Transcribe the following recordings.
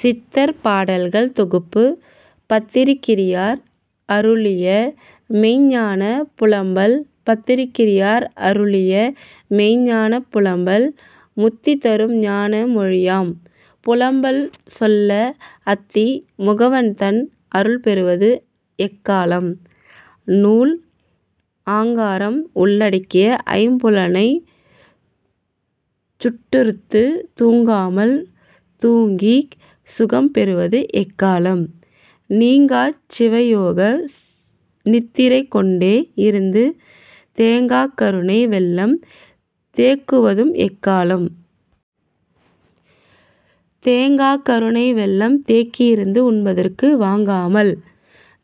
சித்தர் பாடல்கள் தொகுப்பு பத்திரகிரியார் அருளிய மெய்ஞ்ஞானப் புலம்பல் பத்திரகிரியார் அருளிய மெய்ஞ்ஞானப் புலம்பல் முக்திதரும் ஞான மொழியாம் புலம்பல் சொல்ல அத்தி முகவன்தன் அருள் பெருவது எக்காலம்? நூல் ஆங்காரம் உள்ளடக்கிய ஐம்புலனைச் சுட்டறுத்துத் தூங்காமல் தூங்கிச் சுகம் பெறுவது எக்காலம்? நீங்காச் சிவயோக நித்திரை கொண்டே இருந்து தேங்காக் கருணை வெள்ளம் தேக்குவதும் எக்காலம்? தேங்காக் கருணைவெள்ளம் தேக்கியிருந்து உண்பதற்கு வாங்காமல்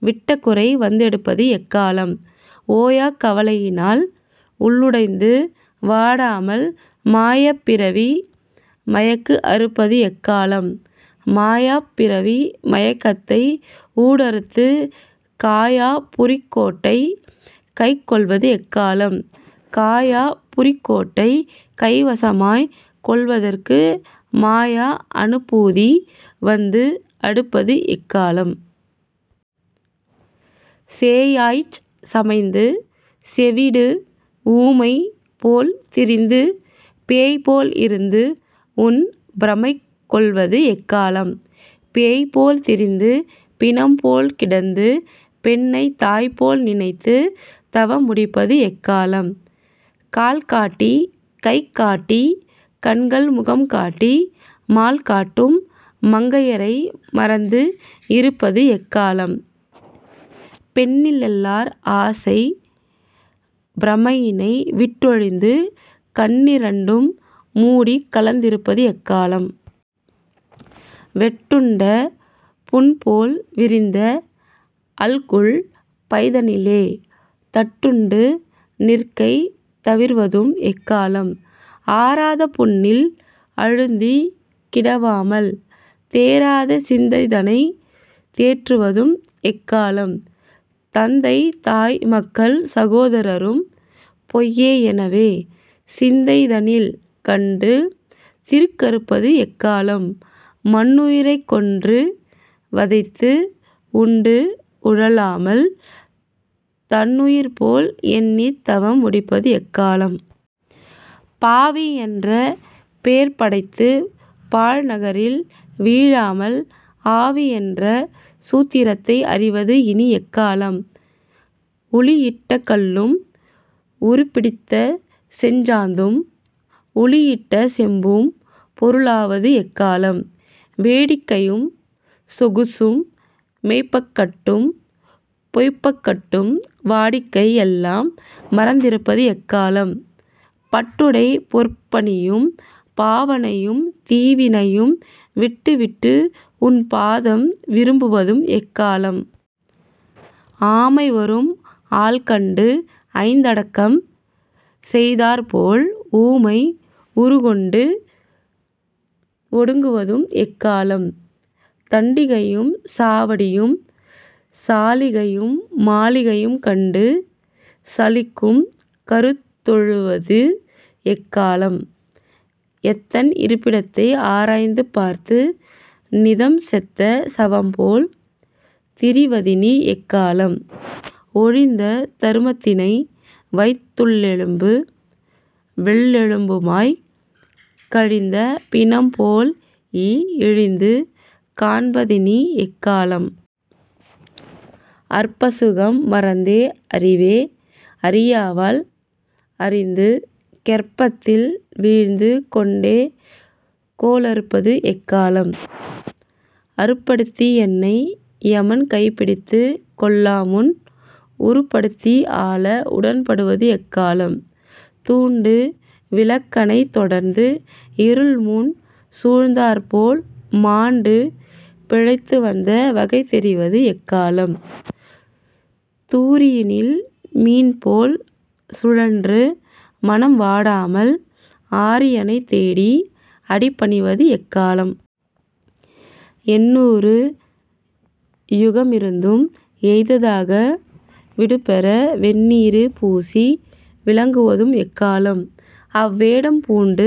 விட்டகுறை வந்தெடுப்பது எக்காலம்? ஓயாக் கவலையினால் உள்ளுடைந்து வாடாமல் மாயப் பிறவி மயக்கு அறுப்பது எக்காலம்? மாயாப் பிறவி மயக்கத்தை ஊடறுத்துக் காயா புரிக்கோட்டை கைக் கொள்வது எக்காலம்? காயா புரிக்கோட்டை கைவசமாய்க் கொள்வதற்கு மாயா அனுபூதி வந்துஅடுப்பது எக்காலம்? சேயாய்ச் சமைந்து செவிடு ஊமை போல் திரிந்து பேய்போல் இருந்து உன் பிரமை கொள்வது எக்காலம்? பேய் போல்திரிந்து பிணம்போல் கிடந்து பெண்ணைத் தாய்போல் நினைத்து தவம் முடிப்பது எக்காலம்? கால்காட்டிக் கைகாட்டிக் கண்கள் முகம்காட்டி மால்காட்டும் மங்கையரை மறந்து இருப்பது எக்காலம்? பெண்ணினல்லார் ஆசைப் பிரமையினை விட்டொழிந்து கண்ணிரண்டும் மூடிக் கலந்திருப்பது எக்காலம்? வெட்டுண்ட புண்போல் விரிந்த அல்குல் பைதனிலே தட்டுண்டு நிற்கை தவிர்வதுவும் எக்காலம்? ஆறாத புண்ணில் அழுந்திக் கிடவாமல் தேறாத சிந்தைதனைத் தேற்றுவதும் எக்காலம்? தந்தை தாய் மக்கள் சகோதரரும் பொய்யெனவே சிந்தைதனில் கண்டு திருக்கறுப்பது எக்காலம்? மன்னுயிரைக் கொன்று வதைத்து உண்டு உழலாமல் தன்னுயிர்போல் எண்ணித் தவம் முடிப்பது எக்காலம்? பாவி என்ற பேர்படைத்துப் பாழ்நரகில் வீழாமல் ஆவி என்ற சூத்திரத்தை அறிவது இனி எக்காலம்? உளியிட்ட கல்லும் உருப்பிடித்த செஞ்சாந்தும் புளியிட்ட செம்பும் பொருளாவது எக்காலம்? வேடிக்கையும் சொகுசும் மெய்ப்பகட்டும் பொய்ப்பகட்டும் வாடிக்கை எல்லாம் மறந்திருப்பது எக்காலம்? பட்டுடை பொற்பணியும் பாவனையும் தீவினையும் விட்டுவிட்டு உன்பாதம் விரும்புவதும் எக்காலம்? ஆமைவரும் ஆள்கண்டு ஐந்தடக்கம் செய்தாற்போல் ஊமை உருக்கொண்டு ஒடுங்குவதும் எக்காலம்? தண்டிகையும் சாவடியும் சாளிகையும் மாளிகையும் கண்டு களிக்கும் கருத்தொழிவது எக்காலம்? அத்தன் இருப்பிடத்தை ஆராய்ந்து பார்த்து நிதம் செத்த சவம்போல் திரிவதினி எக்காலம்? ஒழிந்த தருமத்தினை வைத்துள்ளெலும்பு வெள்ளெலும்பாய்க் கழிந்த பிணம்போல்இ ழிந்து காண்பதினி எக்காலம்? அற்பசுகம் மறந்தே அறிவை அறியாவால் அறிந்து கெர்ப்பத்தில் வீழிந்து கொண்ட கோளறுப்பது எக்காலம்? கருப்படுத்தி என்னை யமன் கைப்பிடித்துக் கொள்ளாமுன் உருப்படுத்தி ஆள உடன்படுவது எக்காலம்? தூண்டு விளக்கணைய தொடர்ந்து இருள் முன் சூழ்ந்தாற்போல் மாண்டு பிழைத்துவந்த வகை தெரிவது எக்காலம்? தூரியினில் மீன்போல் சுழன்று மனம் வாடாமல் ஆரியனைத் தேடி அடிபணிவது எக்காலம்? எண்ணூறு யுகமிருந்தும் எய்தாத விடுபெற வெண்ணீறு பூசி விளங்குவதும் எக்காலம்? அவவேடம் பூண்டு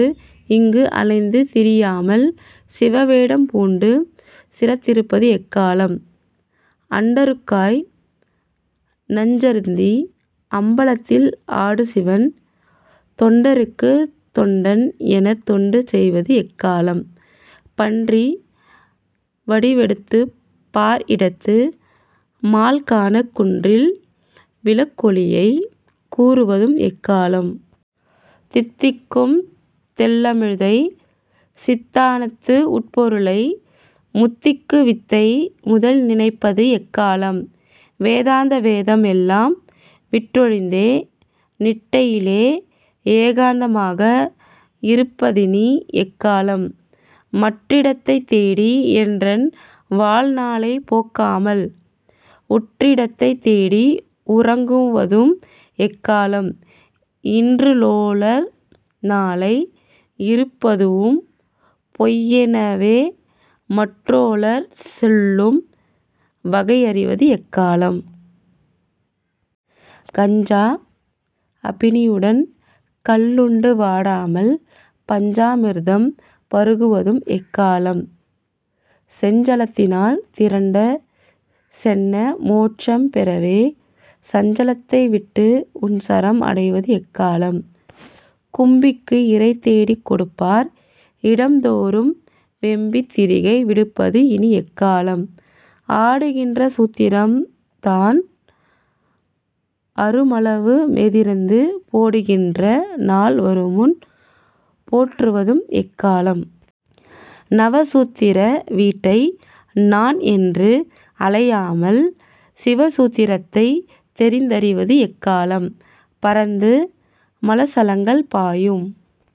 இங்கு அலைந்து திரியாமல் சிவவேடம் பூண்டு சிறந்திருப்பது எக்காலம்? அண்டருக்காய் நஞ்சருந்தி அம்பலத்தில் ஆடுசிவன் தொண்டருக்குத் தொண்டன் எனத் தொண்டு செய்வது எக்காலம்? பன்றி வடிவெடுத்துப் பார் இடந்து மால்காணாக் குன்றில் விளக்கொளியைக் கூறுவதும் எக்காலம்? தித்திக்கும் தெள்ளமிழ்தை சித்தாந்தத்து உட்பொருளை முத்திக்கு வித்தை முதல் நினைப்பது எக்காலம்? வேதாந்தவேதம் எல்லாம் விட்டொழிந்தே நிட்டையிலே ஏகாந்தமாக இருப்பதினி எக்காலம்? மற்றிடத்தைத் தேடி என்றன் வாழ்நாளைப் போக்காமல் உற்றிடத்தைத் தேடி உறங்குவதும் எக்காலம்? இன்றுளோர் நாளை இருப்பதுவும் பொய்யெனவே மன்றுளோர் சொல்லும் வகையறிவது எக்காலம்? கஞ்சா அபினியுடன் கள்ளுண்டு வாடாமல் பஞ்சா மிர்தம் பருகுவதும் எக்காலம்? செஞ்சலத்தினால் திரண்ட சென்ன மோட்சம்பெறவே சஞ்சலத்தை விட்டு உன் சரண் அடைவது எக்காலம்? கும்பிக்கு இரைதேடிக் கொடுப்பார் இடம்தோறும் வெம்பித் திரிகை விடுப்பது இனி எக்காலம்? ஆடுகின்ற சூத்திரம் தான் அறுமளவுமேதிரிந்து போடுகின்ற நாள் வருமுன் போற்றுவதும் எக்காலம்? நவசூத் திர வீட்டை நான்என்று அலையாமல் சிவசூத் திரத்தைத் தெரிந்தறிவது எக்காலம்? பரந்து மலசலங்கள் பாயும்